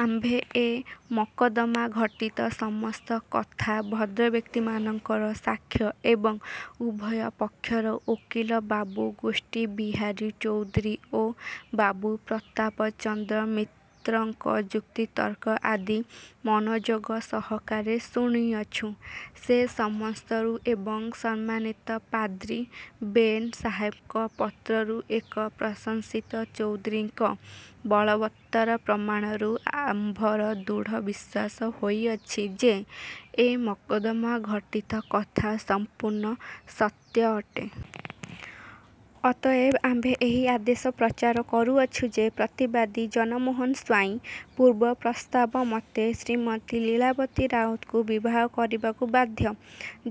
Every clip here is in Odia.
''ଆମ୍ଭେ ଏ ମକଦ୍ଦମାଘଟିତ ସମସ୍ତ କଥା, ଭଦ୍ରବ୍ୟକ୍ତିମାନଙ୍କର ସାକ୍ଷ ଏବଂ ଉଭୟ ପକ୍ଷର ଓକିଲ ବାବୁ ଗୋଷ୍ଠବିହାରୀ ଚୌଧୁରୀ ଓ ବାବୁ ପ୍ରତାପଚନ୍ଦ୍ର ମିତ୍ରଙ୍କ ଯୁକ୍ତି ତର୍କ ଆଦି ମନୋଯୋଗ ସହକାରେ ଶୁଣିଅଛୁଁ। ସେ ସମସ୍ତରୁ ଏବଂ ସମ୍ମାନିତ ପାଦ୍ରି ବେନ ସାହେବଙ୍କ ପତ୍ରରୁ ଏବଂ ପ୍ରଶଂସିତ ଚୌଧୁରୀଙ୍କ ବଳବତ୍ତର ପ୍ରମାଣରୁ ଆମ୍ଭର ଦୃଢ଼ ବିଶ୍ୱାସ ହୋଇଅଛି ଯେ, ଏ ମକଦ୍ଦମାଘଟିତ କଥା ସମ୍ପୂର୍ଣ୍ଣ ସତ୍ୟ ଅଟେ। ଅତଏବ ଆମ୍ଭେ ଏହି ଆଦେଶ ପ୍ରଚାର କରୁଅଛୁଁ ଯେ, ପ୍ରତିବାଦୀ ଜନମୋହନ ସ୍ୱାଇଁ ପୂର୍ବ ପ୍ରସ୍ତାବମତେ ଶ୍ରୀମତୀ ଲୀଳାବତୀ ରାଉତଙ୍କୁ ବିବାହ କରିବାକୁ ବାଧ୍ୟ।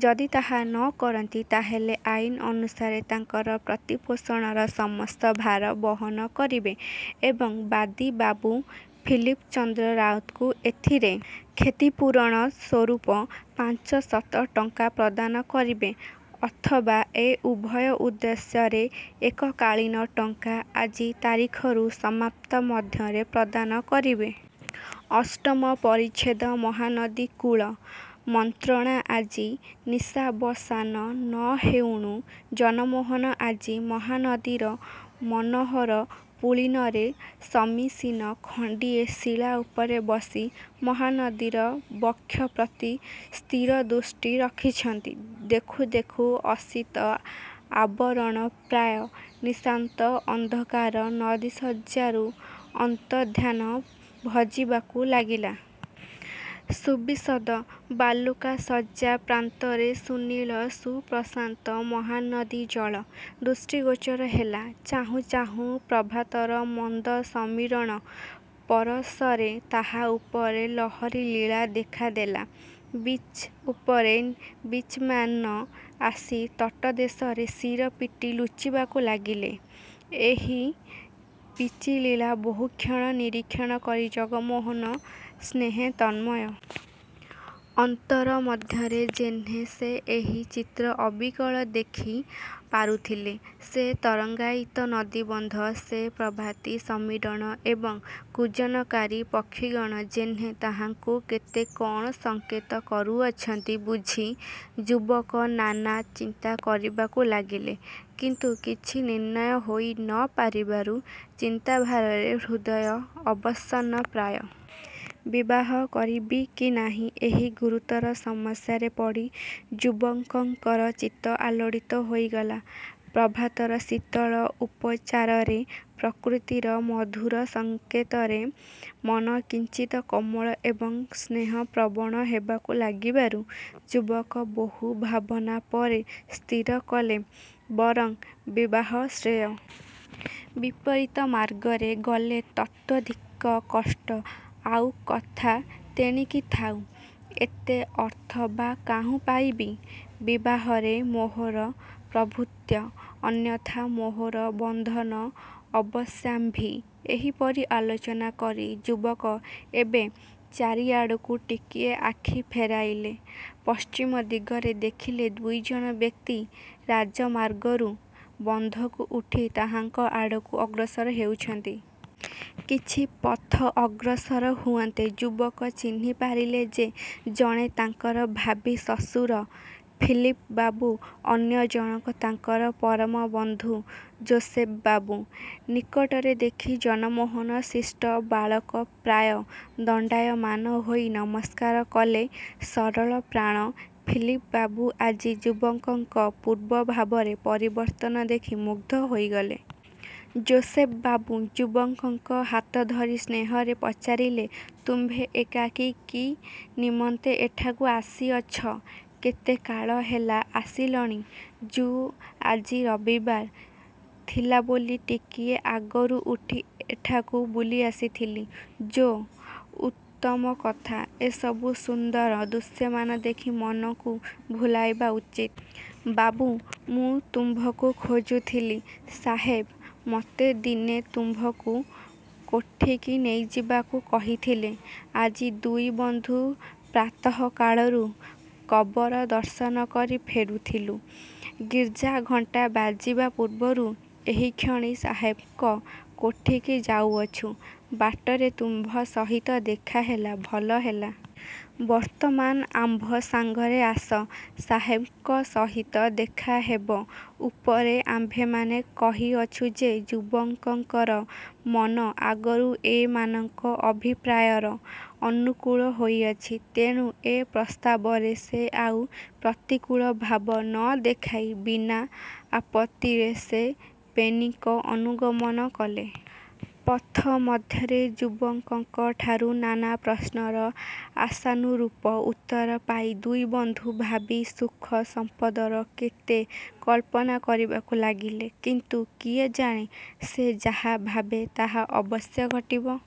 ଯଦି ତାହା ନ କରନ୍ତି, ତାହାହେଲେ ଆଇନ ଅନୁସାରେ ତାଙ୍କର ପ୍ରତିପୋଷଣର ସମସ୍ତ ଭାର ବହନ କରିବେ ଏବଂ ବାଦୀ ବାବୁ ଫିଲିପଚନ୍ଦ୍ର ରାଉତଙ୍କୁ ଏଥିର କ୍ଷତିପୂରଣସ୍ୱରୂପ ପାଞ୍ଚ ଶତ ଟଙ୍କା ପ୍ରଦାନ କରିବେ ଅଥବା ଏ ଉଭୟ ଉଦ୍ଦେଶ୍ୟରେ ଏକକାଳୀନ ଟଙ୍କା ଆଜି ତାରିଖରୁ ସପ୍ତାହ ମଧ୍ୟରେ ପ୍ରଦାନ କରିବେ। '' ଅଷ୍ଟମ ପରିଚ୍ଛେଦ ମହାନଦୀ କୂଳ ମନ୍ତ୍ରଣା ଆଜି ନିଶାବସାନ ନ ହେଉଣୁ ଜନମୋହନ ଆସି ମହାନଦୀର ମନୋହର ପୁଳିନରେ ସମାସୀନ। ଖଣ୍ଡିଏ ଶିଳା ଉପରେ ବସି ମହାନଦୀର ବକ୍ଷ ପ୍ରତି ସ୍ଥିରଦୃଷ୍ଟି ରଖିଅଛନ୍ତି। ଦେଖୁଁ ଦେଖୁଁ ଅସିତ ଆବରଣ ପ୍ରାୟ ନିଶାନ୍ତ ଅନ୍ଧକାର ନଦୀଶଯ୍ୟାରୁ ଅନ୍ତର୍ଦ୍ଧାନ ଭଜିବାକୁ ଲାଗିଲା। ସୁବିଶଦ ବାଲୁକାଶଯ୍ୟାପ୍ରାନ୍ତରେ ସୁନୀଳ ସୁପ୍ରଶାନ୍ତ ମହାନଦୀଜଳ ଦୃଷ୍ଟିଗୋଚର ହେଲା। ଚାହୁଁ ଚାହୁଁ ପ୍ରଭାତର ମନ୍ଦ ସମୀରଣ ପରଶରେ ତାହା ଉପରେ ଲହରୀଲୀଳା ଦେଖା ଦେଲା। ବୀଚି ପରେ ବୀଚିମାନ ଆସି ତଟଦେଶରେ ଶିର ପିଟି ଲୁଚିବାକୁ ଲାଗିଲେ। ଏହି ବୀଚିଲୀଳା ବହୁକ୍ଷଣ ନିରୀକ୍ଷଣ କରି ଜଗମୋହନ ଯେହ୍ନେ ତନ୍ମୟ। ଅନ୍ତର ମଧ୍ୟରେ ଯେହ୍ନେ ସେ ଏହି ଚିତ୍ର ଅବିକଳ ଦେଖି ପାରୁଥିଲେ। ସେ ତରଙ୍ଗାୟିତ ନଦୀବନ୍ଧ, ସେ ପ୍ରଭାତୀ ସମୀରଣ ଏବଂ କୂଜନକାରୀ ପକ୍ଷିଗଣ ଯେହ୍ନେ ତାହାଙ୍କୁ କେତେ କଣ ସଙ୍କେତ କରୁଅଛନ୍ତି ବୁଝି, ଯୁବକ ନାନା ଚିନ୍ତା କରିବାକୁ ଲାଗିଲେ। କିନ୍ତୁ କିଛି ନିର୍ଣ୍ଣୟ ହୋଇ ନ ପାରିବାରୁ ଚିନ୍ତାଭାରରେ ହୃଦୟ ଅବସନ୍ନପ୍ରାୟ। 'ବିବାହ କରିବି କି ନାହିଁ' ଏହି ଗୁରୁତର ସମସ୍ୟାରେ ପଡ଼ି ଯୁବକଙ୍କର ଚିତ୍ତ ଆଲୋଡ଼ିତ ହୋଇଗଲା। ପ୍ରଭାତର ଶୀତଳ ଉପଚାରରେ ପ୍ରକୃତିର ମଧୁର ସଙ୍କେତରେ ମନ କିଞ୍ଚିତ୍ କୋମଳ ଏବଂ ସ୍ନେହପ୍ରବଣ ହେବାକୁ ଲାଗିବାରୁ ଯୁବକ ବହୁ ଭାବନା ପରେ ସ୍ଥିର କଲେ, ବରଂ ବିବାହ ଶ୍ରେୟଃ। ବିପରୀତମାର୍ଗରେ ଗଲେ ତତୋଽଧିକ କଷ୍ଟ। ଆଉ କଥା ତେଣିକି ଥାଉ, ଏତେ ଅର୍ଥ ବା କାହୁଁ ପାଇବି? ବିବାହରେ ମୋହର ପ୍ରଭୁତ୍ୱ, ଅନ୍ୟଥା ମୋହର ବନ୍ଧନ ଅବଶ୍ୟମ୍ଭାବୀ। ଏହିପରି ଆଲୋଚନା କରି ଯୁବକ ଏବେ ଚାରିଆଡ଼କୁ ଟିକିଏ ଆଖି ଫେରାଇଲେ। ପଶ୍ଚିମଦିଗରେ ଦେଖିଲେ, ଦୁଇ ଜଣ ବ୍ୟକ୍ତି ରାଜମାର୍ଗରୁ ବନ୍ଧକୁ ଉଠି ତାହାଙ୍କ ଆଡ଼କୁ ଅଗ୍ରସର ହେଉଅଛନ୍ତି। କିଛି ପଥ ଅଗ୍ରସର ହୁଅନ୍ତେ ଯୁବକ ଚିହ୍ନି ପାରିଲେ ଯେ ଜଣେ ତାଙ୍କର ଭାବୀ ଶ୍ୱଶୁର ଫିଲିପ ବାବୁ, ଅନ୍ୟ ଜଣକ ତାଙ୍କର ପରମବନ୍ଧୁ ଯୋଶେଫ ବାବୁ। ନିକଟରେ ଦେଖି ଜନମୋହନ ଶିଷ୍ଟ ବାଳକ ପ୍ରାୟ ଦଣ୍ଡାୟମାନ ହୋଇ ନମସ୍କାର କଲେ। ସରଳପ୍ରାଣ ଫିଲିପ ବାବୁ ଆଜି ଯୁବକଙ୍କ ପୂର୍ବ ଭାବର ପରିବର୍ତ୍ତନ ଦେଖି ମୁଗ୍ଧ ହୋଇଗଲେ। ଯୋଶେଫ ବାବୁ ଯୁବକଙ୍କ ହାତ ଧରି ସସ୍ନେହରେ ପଚାରିଲେ, ''ତୁମ୍ଭେ ଏକାକୀ କି ନିମନ୍ତେ ଏଠାକୁ ଆସିଅଛ? କେତେକାଳ ହେଲା ଆସିଲଣି? '' ଯୁ- ଆଜି ରବିବାର ଥିଲା ବୋଲି ଟିକିଏ ଆଗରୁ ଉଠି ଏଠାକୁ ବୁଲିଆସିଥିଲି। ଯୋ- ଉତ୍ତମ କଥା, ଏ ସବୁ ସୁନ୍ଦର ଦୃଶ୍ୟମାନ ଦେଖି ମନକୁ ଭୁଲାଇବା ଉଚିତ। ବାବୁ, ମୁଁ ତୁମ୍ଭଙ୍କୁ ଖୋଜୁଥିଲି। ସାହେବ ମୋତେ ଦିନେ ତୁମ୍ଭଙ୍କୁ କୋଠିକି ନେଇଯିବାକୁ କହିଥିଲେ। ଆଜି ଦୁଇ ବନ୍ଧୁ ପ୍ରାତଃକାଳରୁ କବର ଦର୍ଶନ କରି ଫେରୁଥିଲୁଁ। ଗିର୍ଜାଘଣ୍ଟା ବାଜିବା ପୂର୍ବରୁ ଏହିକ୍ଷଣି ସାହେବଙ୍କ କୋଠିକି ଯାଉଅଛୁଁ। ବାଟରେ ତୁମ୍ଭ ସହିତ ଦେଖା ହେଲା, ଭଲ ହେଲା। ବର୍ତ୍ତମାନ ଆମ୍ଭ ସଙ୍ଗରେ। ଆସ, ସାହେବଙ୍କ ସହିତ ଦେଖା ହେବ। ଉପରେ ଆମ୍ଭେମାନେ କହିଅଛୁଁ ଯେ ଯୁବକଙ୍କର ମନ ଆଗରୁ ଏମାନଙ୍କ ଅଭିପ୍ରାୟର ଅନୁକୂଳ ହୋଇଅଛି। ତେଣୁ ଏ ପ୍ରସ୍ତାବରେ ସେ ଆଉ ପ୍ରତିକୂଳ ଭାବ ନ ଦେଖାଇ ବିନା ଆପତ୍ତିରେ ସେ ବେନିଙ୍କ ଅନୁଗମନ କଲେ। ପଥ ମଧ୍ୟରେ ଯୁବକଙ୍କଠାରୁ ନାନା ପ୍ରଶ୍ନର ଆଶାନୁରୂପ ଉତ୍ତର ପାଇ ଦୁଇ ବନ୍ଧୁ ଭାବୀ ସୁଖ ସମ୍ପଦର କେତେ କଳ୍ପନା କରିବାକୁ ଲାଗିଲେ। କିନ୍ତୁ କିଏ ଜାଣେ, ସେ ଯାହା ଭାବେ, ତାହା ଅବଶ୍ୟ ଘଟିବ?